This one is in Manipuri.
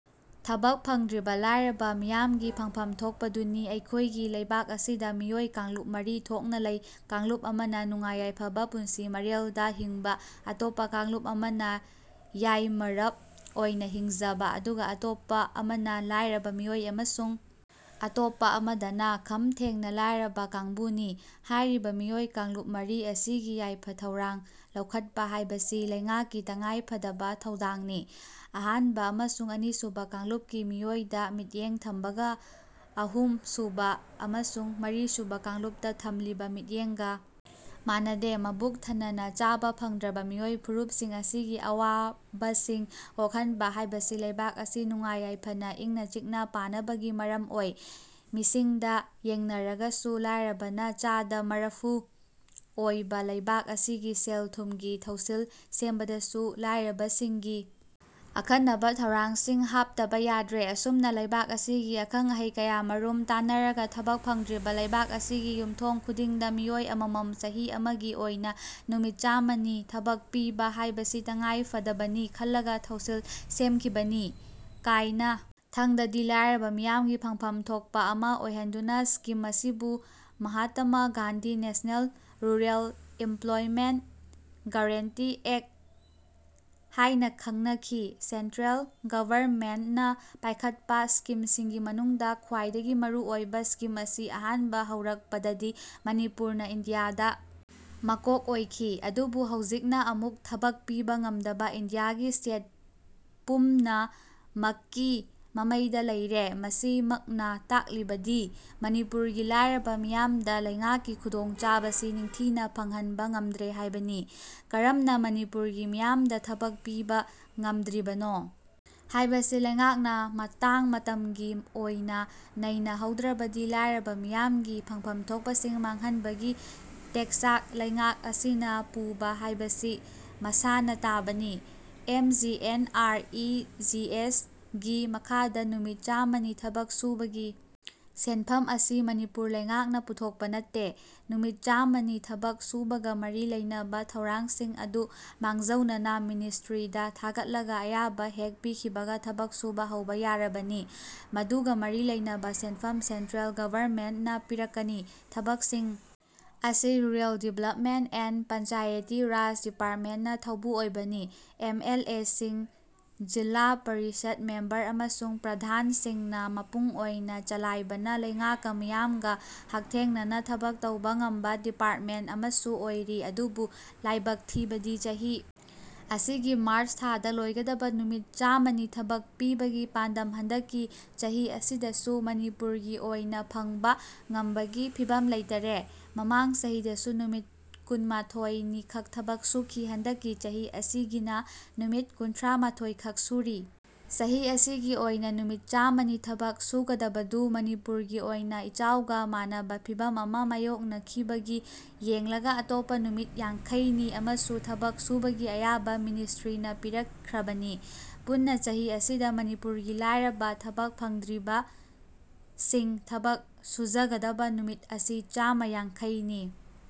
ꯊꯕꯛ ꯐꯪꯗ꯭ꯔꯤꯕ ꯂꯥꯏꯔꯕ ꯃꯤꯌꯥꯝꯒꯤ ꯐꯪꯐꯝ ꯊꯣꯛꯄꯗꯨꯅꯤ ꯑꯩꯈꯣꯏꯒꯤ ꯂꯩꯕꯥꯛ ꯑꯁꯤꯗ ꯃꯤꯑꯣꯏ ꯀꯥꯡꯂꯨꯞ ꯃꯔꯤ ꯊꯣꯛꯅ ꯂꯩ꯫ ꯀꯥꯡꯂꯨꯞ ꯑꯃꯅ ꯅꯨꯡꯉꯥꯏ ꯌꯥꯏꯐꯕ ꯄꯨꯟꯁꯤ ꯃꯔꯦꯜꯗ ꯍꯤꯡꯕ, ꯑꯇꯣꯞꯄ ꯀꯥꯡꯂꯨꯞ ꯑꯃꯅ ꯌꯥꯏꯃꯔꯞ ꯑꯣꯏꯅ ꯍꯤꯡꯖꯕ, ꯑꯗꯨꯒ ꯑꯇꯣꯞꯄ ꯑꯃꯅ ꯂꯥꯏꯔꯕ ꯃꯤꯑꯣꯏ ꯑꯃꯁꯨꯡ ꯑꯇꯣꯞꯄ ꯑꯃꯗꯅ ꯈꯝ ꯊꯦꯡꯅ ꯂꯥꯏꯔꯕ ꯀꯥꯡꯕꯨꯅꯤ꯫ ꯍꯥꯏꯔꯤꯕ ꯃꯤꯑꯣꯏ ꯀꯥꯡꯂꯨꯞ ꯃꯔꯤ ꯑꯁꯤꯒꯤ ꯌꯥꯏꯐ ꯊꯧꯔꯥꯡ ꯂꯧꯈꯠꯄ ꯍꯥꯏꯕꯁꯤ ꯂꯩꯉꯥꯛꯀꯤ ꯇꯉꯥꯏ ꯐꯗꯕ ꯊꯧꯗꯥꯡꯅꯤ꯫ ꯑꯍꯥꯟꯕ ꯑꯃꯁꯨꯡ ꯑꯅꯤꯁꯨꯕ ꯀꯥꯡꯂꯨꯞꯀꯤ ꯃꯤꯑꯣꯏꯗ ꯃꯤꯠꯌꯦꯡ ꯊꯝꯕꯒ ꯑꯍꯨꯝ ꯁꯨꯕ ꯑꯃꯁꯨꯡ ꯃꯔꯤꯁꯨꯕ ꯀꯥꯡꯂꯨꯞꯇ ꯊꯝꯂꯤꯕ ꯃꯤꯠꯌꯦꯡꯒ ꯃꯥꯟꯅꯗꯦ꯫ ꯃꯕꯨꯛ ꯊꯅꯅ ꯆꯥꯕ ꯐꯪꯗ꯭ꯔꯕ ꯃꯤꯑꯣꯏ ꯐꯨꯔꯨꯞꯁꯤꯡ ꯑꯁꯤꯒꯤ ꯑꯋꯥꯕꯁꯤꯡ ꯀꯣꯛꯍꯟꯕ ꯍꯥꯏꯕꯁꯤ ꯂꯩꯕꯥꯛ ꯑꯁꯤ ꯅꯨꯡꯉꯥꯏ ꯌꯥꯏꯐꯅ, ꯏꯪꯅ ꯆꯤꯛꯅ ꯄꯥꯟꯅꯕꯒꯤ ꯃꯔꯝ ꯑꯣꯏ꯫ ꯃꯤꯁꯤꯡꯗ ꯌꯦꯡꯅꯔꯒꯁꯨ ꯂꯥꯏꯔꯕꯅ ꯆꯥꯗ ꯃꯔꯐꯨ ꯑꯣꯏꯕ ꯂꯩꯕꯥꯛ ꯑꯁꯤꯒꯤ ꯁꯦꯜ ꯊꯨꯝꯒꯤ ꯊꯧꯁꯤꯜ ꯁꯦꯝꯕꯗꯁꯨ ꯂꯥꯏꯔꯕꯁꯤꯡꯒꯤ ꯑꯈꯟꯅꯕ ꯊꯧꯔꯥꯡꯁꯤꯡ ꯍꯥꯞꯇꯕ ꯌꯥꯗ꯭ꯔꯦ꯫ ꯑꯁꯨꯝꯅ ꯂꯩꯕꯥꯛ ꯑꯁꯤꯒꯤ ꯑꯈꯪ ꯑꯍꯩ ꯀꯌꯥꯃꯔꯨꯝ ꯇꯥꯟꯅꯔꯒ ꯊꯕꯛ ꯐꯪꯗ꯭ꯔꯤꯕ ꯂꯩꯕꯥꯛ ꯑꯁꯤꯒꯤ ꯌꯨꯝꯊꯣꯡ ꯈꯨꯗꯤꯡꯗ ꯃꯤꯑꯣꯏ ꯑꯃꯃꯝ ꯆꯍꯤ ꯑꯃꯒꯤ ꯑꯣꯏꯅ ꯅꯨꯃꯤꯠ ꯆꯥꯝꯃꯅꯤ ꯊꯕꯛ ꯄꯤꯕ ꯍꯥꯏꯕꯁꯤ ꯇꯉꯥꯏ ꯐꯗꯕꯅꯤ ꯈꯜꯂꯒ ꯊꯧꯁꯤꯜ ꯁꯦꯝꯈꯤꯕꯅꯤ꯫ ꯀꯥꯏꯅ ꯊꯪꯗꯗꯤ ꯂꯥꯏꯔꯕ ꯃꯤꯌꯥꯝꯒꯤ ꯐꯪꯐꯝ ꯊꯣꯛꯄ ꯑꯃ ꯑꯣꯏꯍꯟꯗꯨꯅ ꯁ꯭ꯀꯤꯝ ꯑꯁꯤꯕꯨ Mahatma Gandhi National Rural Employment Guarantee Act ꯍꯥꯏꯅ ꯈꯪꯅꯈꯤ꯫ ꯁꯦꯟꯇ꯭ꯔꯦꯜ ꯒꯚꯔꯟꯃꯦꯟꯠꯅ ꯄꯥꯏꯈꯠꯄ ꯁ꯭ꯀꯤꯝꯁꯤꯡꯒꯤ ꯃꯅꯨꯡꯗ ꯈ꯭ꯋꯥꯏꯗꯒꯤ ꯃꯔꯨ ꯑꯣꯏꯕ ꯁ꯭ꯀꯤꯝ ꯑꯁꯤ ꯑꯍꯥꯟꯕ ꯍꯧꯔꯛ ꯄꯗꯗꯤ ꯃꯅꯤꯄꯨꯔꯅ ꯏꯟꯗꯤꯌꯥꯗ ꯃꯀꯣꯛ ꯑꯣꯏꯈꯤ꯫ ꯑꯗꯨꯕꯨ ꯍꯧꯖꯤꯛꯅ ꯑꯃꯨꯛ ꯊꯕꯛ ꯄꯤꯕ ꯉꯝꯗꯕ ꯏꯟꯗꯤꯌꯥꯒꯤ ꯁ꯭ꯇꯦꯠ ꯄꯨꯝꯅ ꯃꯛꯀꯤ ꯃꯃꯩꯗ ꯂꯩꯔꯦ꯫ ꯃꯁꯤ ꯃꯛꯅ ꯇꯥꯛꯂꯤꯕꯗꯤ ꯃꯅꯤꯄꯨꯔꯒꯤ ꯂꯥꯏꯔꯕ ꯃꯤꯌꯥꯝꯗ ꯂꯩꯉꯥꯛꯀꯤ ꯈꯨꯗꯣꯡ ꯆꯥꯕꯁꯤ ꯅꯤꯡꯊꯤꯅ ꯐꯪꯍꯟꯕ ꯉꯝꯗ꯭ꯔꯦ ꯍꯥꯏꯕꯅꯤ꯫ ꯀꯔꯝꯅ ꯃꯅꯤꯄꯨꯔꯒꯤ ꯃꯤꯌꯥꯝꯗ ꯊꯕꯛ ꯄꯤꯕ ꯉꯝꯗ꯭ꯔꯤꯕꯅꯣ ꯍꯥꯏꯕꯁꯤ ꯂꯩꯉꯥꯛꯅ ꯃꯇꯥꯡ ꯃꯇꯝꯒꯤ ꯑꯣꯏꯅ ꯅꯩꯅ ꯍꯧ ꯗ꯭ꯔꯕꯗꯤ ꯂꯥꯏꯔꯕ ꯃꯤꯌꯥꯝꯒꯤ ꯐꯪꯐꯝ ꯊꯣꯛꯄꯁꯤꯡ ꯃꯥꯡꯍꯟꯕꯒꯤ ꯇꯦꯛꯆꯥꯛ ꯂꯩꯉꯥꯛ ꯑꯁꯤꯅ ꯄꯨꯕ ꯍꯥꯏꯕꯁꯤ ꯃꯁꯥꯅ ꯇꯥꯕꯅꯤ꯫ M G N R E G ꯑꯦꯁꯒꯤ ꯃꯈꯥꯗ ꯅꯨꯃꯤꯠ ꯆꯥꯃ ꯅꯤ ꯊꯕꯛ ꯁꯨꯕꯒꯤ ꯁꯦꯟꯐꯝ ꯑꯁꯤ ꯃꯅꯤꯄꯨꯔ ꯂꯩꯉꯥꯛꯅ ꯄꯨꯊꯣꯛꯄ ꯅꯠꯇꯦ꯫ ꯅꯨꯃꯤꯠ ꯆꯥꯃ ꯅꯤ ꯊꯕꯛ ꯁꯨꯕꯒ ꯃꯔꯤ ꯂꯩꯅꯕ ꯊꯧꯔꯥꯡꯁꯤꯡ ꯑꯗꯨ ꯃꯥꯡꯖꯧꯅꯅ ꯃꯤꯅꯤꯁ꯭ꯇ꯭ꯔꯤꯗ ꯊꯥꯒꯠꯂꯒ ꯑꯌꯥꯕ ꯍꯦꯛ ꯄꯤꯈꯤꯕꯒ ꯊꯕꯛ ꯁꯨꯕ ꯍꯧꯕ ꯌꯥꯔꯕꯅꯤ꯫ ꯃꯗꯨꯒ ꯃꯔꯤ ꯂꯩꯅꯕ ꯁꯦꯟꯐꯝ ꯁꯦꯟꯇ꯭ꯔꯦꯜ ꯒꯚꯔꯟꯃꯦꯟꯠꯅ ꯄꯤꯔꯛꯀꯅꯤ꯫ ꯊꯕꯛꯁꯤꯡ ꯑꯁꯤ rural development and Panchayati Raj ꯗꯤꯄꯥꯔꯃꯦꯟꯠꯅ ꯊꯧꯕꯨ ꯑꯣꯏꯕꯅꯤ꯫ ꯑꯦꯝ ꯑꯦꯜ ꯑꯦꯁꯤꯡ, ꯖꯤꯜꯂꯥ ꯄꯔꯤꯁꯗ ꯃꯦꯝꯕꯔ ꯑꯃꯁꯨꯡ ꯄ꯭ꯔꯙꯥꯟꯁꯤꯡꯅ ꯃꯄꯨꯡ ꯑꯣꯏꯅ ꯆꯂꯥꯏꯕꯅ ꯂꯩꯉꯥꯛꯀ ꯃꯤꯌꯥꯝꯒ ꯍꯛꯊꯦꯡꯅꯅ ꯊꯕꯛ ꯇꯧꯕ ꯉꯝꯕ ꯗꯤꯄꯥꯔꯠꯃꯦꯟꯠ ꯑꯃꯁꯨ ꯑꯣꯏꯔꯤ꯫ ꯑꯗꯨꯕꯨ ꯂꯥꯏꯕꯛ ꯊꯤꯕꯗꯤ ꯆꯍꯤ ꯑꯁꯤꯒꯤ ꯃꯥꯔꯆ ꯊꯥꯗ ꯂꯣꯏꯒꯗꯕ ꯅꯨꯃꯤꯠ ꯆꯥꯃꯅꯤ ꯊꯕꯛ ꯄꯤꯕꯒꯤ ꯄꯥꯟꯗꯝ ꯍꯟꯗꯛꯀꯤ ꯆꯍꯤ ꯑꯁꯤꯗꯁꯨ ꯃꯅꯤꯄꯨꯔꯒꯤ ꯑꯣꯏꯅ ꯐꯪꯕ ꯉꯝꯕꯒꯤ ꯐꯤꯚꯝ ꯂꯩꯇꯔꯦ꯫ ꯃꯃꯥꯡ ꯆꯍꯤꯗꯁꯨ ꯅꯨꯃꯤꯠ ꯀꯨꯟꯃꯊꫭꯏ ꯅꯤ ꯈꯛ ꯊꯕꯛ ꯁꯨꯈꯤ꯫ ꯍꯟꯗꯛꯀꯤ ꯆꯍꯤ ꯑꯁꯤꯒꯤꯅ ꯅꯨꯃꯤꯠ ꯀꯨꯟꯊ꯭ꯔꯥꯃꯊꫭꯏ ꯈꯛ ꯁꯨꯔꯤ꯫ ꯆꯍꯤ ꯑꯁꯤꯒꯤ ꯑꯣꯏꯅ ꯅꯨꯃꯤꯠ ꯆꯥꯃ ꯅꯤ ꯊꯕꯛ ꯁꯨꯒꯗꯕꯗꯨ ꯃꯅꯤꯄꯨꯔꯒꯤ ꯑꯣꯏꯅ ꯏꯆꯥꯎꯒ ꯃꯥꯟꯅꯕ ꯐꯤꯚꯝ ꯑꯃ ꯃꯥꯌꯣꯛꯅ ꯈꯤꯕꯒꯤ ꯌꯦꯡꯂꯒ ꯑꯇꯣꯞꯄ ꯅꯨꯃꯤꯠ ꯌꯥꯡꯈꯩ ꯅꯤ ꯑꯃꯁꯨ ꯊꯕꯛ ꯁꯨꯕꯒꯤ ꯑꯌꯥꯕ ꯃꯤꯅꯤꯁ꯭ꯇ꯭ꯔꯤꯅ ꯄꯤꯔꯛ ꯈ꯭ꯔꯕꯅꯤ꯫ ꯄꯨꯟꯅ ꯆꯍꯤ ꯑꯁꯤꯗ ꯃꯅꯤꯄꯨꯔꯒꯤ ꯂꯥꯏꯔꯕ ꯊꯕꯛ ꯐꯪꯗ꯭ꯔꯤꯕꯁꯤꯡ ꯊꯕꯛ ꯁꯨꯖꯒꯗꯕ ꯅꯨꯃꯤꯠ ꯑꯁꯤ ꯆꯥꯃ ꯌꯥꯡꯈꯩ ꯅꯤ꯫